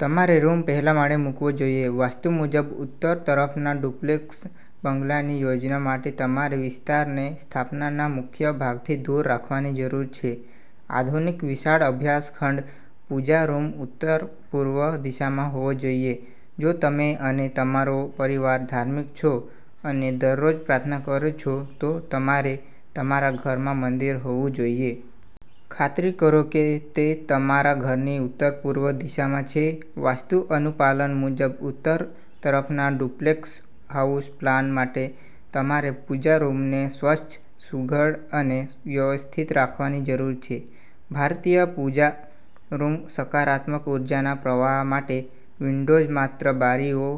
તમારેરૂમ પહેલા માળે મૂકવો જોઈએ. વાસ્તુ મુજબ ઉત્તર તરફના ડુપ્લેક્સ બંગલાની યોજના માટે તમારેવિસ્તારને સ્થાપનાના મુખ્ય ભાગથી દૂર રાખવાની જરૂર છે. આધુનિક, વિશાળ અભ્યાસ ખંડ પૂજા રૂમ ઉત્તર-પૂર્વ દિશામાં હોવો જોઈએ જો તમે અને તમારો પરિવાર ધાર્મિક છો અને દરરોજ પ્રાર્થના કરો છો, તો તમારે તમારા ઘરમાં મંદિર હોવુંજોઈએ. ખાતરી કરો કે તે તમારા ઘરની ઉત્તર-પૂર્વ દિશામાં છે. વાસ્તુ અનુપાલન મુજબ ઉત્તર તરફના ડુપ્લેક્સ હાઉસ પ્લાન માટે તમારે પૂજા રૂમને સ્વચ્છ, સુઘડ અને વ્યવસ્થિત રાખવાની જરૂર છે. ભારતીય પૂજા રૂમ સકારાત્મક ઊર્જાના પ્રવાહ માટે વિન્ડોઝ માત્ર બારીઓ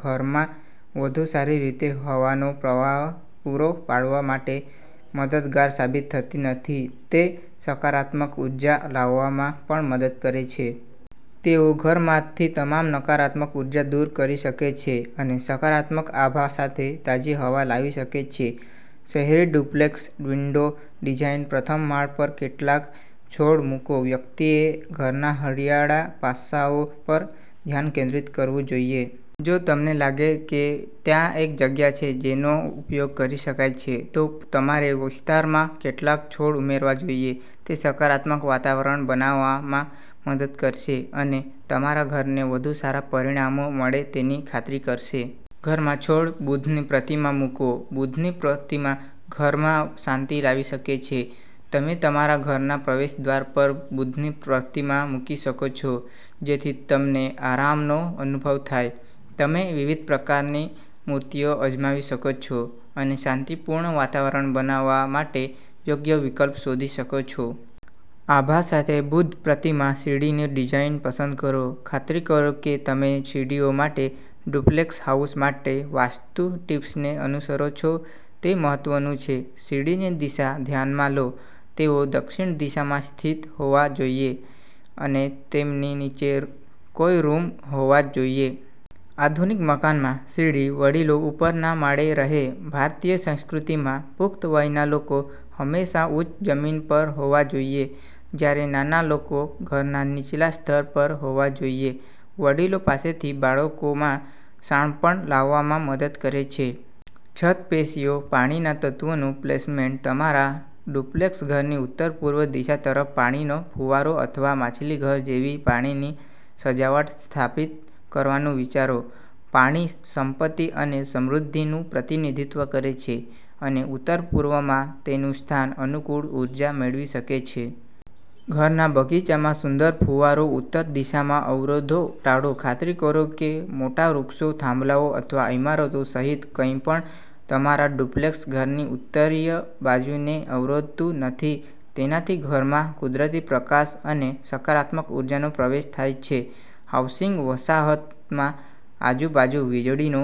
ઘરમાં વધુ સારી રીતે હવાનો પ્રવાહ પૂરો પાડવા માટે મદદગાર સાબિત થતી નથી, તે સકારાત્મક ઉર્જા લાવવામાં પણ મદદ કરે છે. તેઓ ઘરમાંથી તમામ નકારાત્મક ઉર્જા દૂર કરી શકે છે અને સકારાત્મક આભા સાથે તાજી હવા લાવી શકે છે. શહેરી ડુપ્લેક્સ વિન્ડો ડિઝાઇન પ્રથમ માળ પર કેટલાક છોડ મૂકો વ્યક્તિએ ઘરના હરિયાળા પાસાઓ પર ધ્યાન કેન્દ્રિત કરવું જોઈએ. જો તમને લાગે કે ત્યાં એક જગ્યા છે જેનો ઉપયોગ કરી શકાય છે, તો તમારેવિસ્તારમાં કેટલાક છોડ ઉમેરવા જોઈએ. તે સકારાત્મક વાતાવરણ બનાવવામાં મદદ કરશે, અને તમારા ઘરને વધુ સારા પરિણામો મળે તેની ખાતરી કરશે. ઘરમાં છોડ બુદ્ધની પ્રતિમા મૂકો બુદ્ધની પ્રતિમા ઘરમાં શાંતિ લાવી શકે છે. તમે તમારા ઘરના પ્રવેશદ્વાર પર બુદ્ધની પ્રતિમા મૂકી શકો છો જેથી તમને આરામનો અનુભવ થાય. તમે વિવિધ પ્રકારની મૂર્તિઓ અજમાવી શકો છો અને શાંતિપૂર્ણ વાતાવરણ બનાવવા માટે યોગ્ય વિકલ્પ શોધી શકો છો. આભા સાથે બુદ્ધ પ્રતિમા સીડીની ડિઝાઇન પસંદ કરો ખાતરી કરો કે તમે સીડીઓ માટે ડુપ્લેક્સ હાઉસ માટે વાસ્તુ ટીપ્સને અનુસરો છો. તે મહત્વનું છે સીડીની દિશા ધ્યાનમાં લો. તેઓ દક્ષિણ દિશામાં સ્થિત હોવા જોઈએ, અને તેમની નીચે કોઈ રૂમહોવા જોઈએ. આધુનિક મકાનમાં સીડી વડીલો ઉપરના માળે રહે ભારતીય સંસ્કૃતિમાં, પુખ્ત વયના લોકો હંમેશા ઉચ્ચ જમીન પર હોવા જોઈએ, જ્યારે નાના લોકો ઘરના નીચલા સ્તર પર હોવા જોઈએ. વડીલો પાસેથી બાળકોમાં શાણપણ લાવવામાં મદદ કરે છે. છત પેશિયો પાણીના તત્વોનું પ્લેસમેન્ટ તમારા ડુપ્લેક્સ ઘરની ઉત્તરપૂર્વ દિશા તરફ પાણીનો ફુવારો અથવા માછલીઘર જેવી પાણીની સજાવટ સ્થાપિત કરવાનું વિચારો. પાણી સંપત્તિ અને સમૃદ્ધિનું પ્રતિનિધિત્વ કરે છે, અને ઉત્તરપૂર્વમાં તેનું સ્થાન અનુકૂળ ઉર્જા મેળવી શકે છે. ઘરના બગીચામાં સુંદર ફુવારો ઉત્તર દિશામાં અવરોધો ટાળો ખાતરી કરો કે મોટા વૃક્ષો, થાંભલાઓ અથવા ઇમારતો સહિત કંઈપણ તમારા ડુપ્લેક્સ ઘરની ઉત્તરીય બાજુને અવરોધતું નથી. તેનાથી ઘરમાં કુદરતી પ્રકાશ અને સકારાત્મક ઉર્જાનો પ્રવેશ થાય છે. હાઉસિંગ વસાહતમાં આજુબાજુ વીજળીનો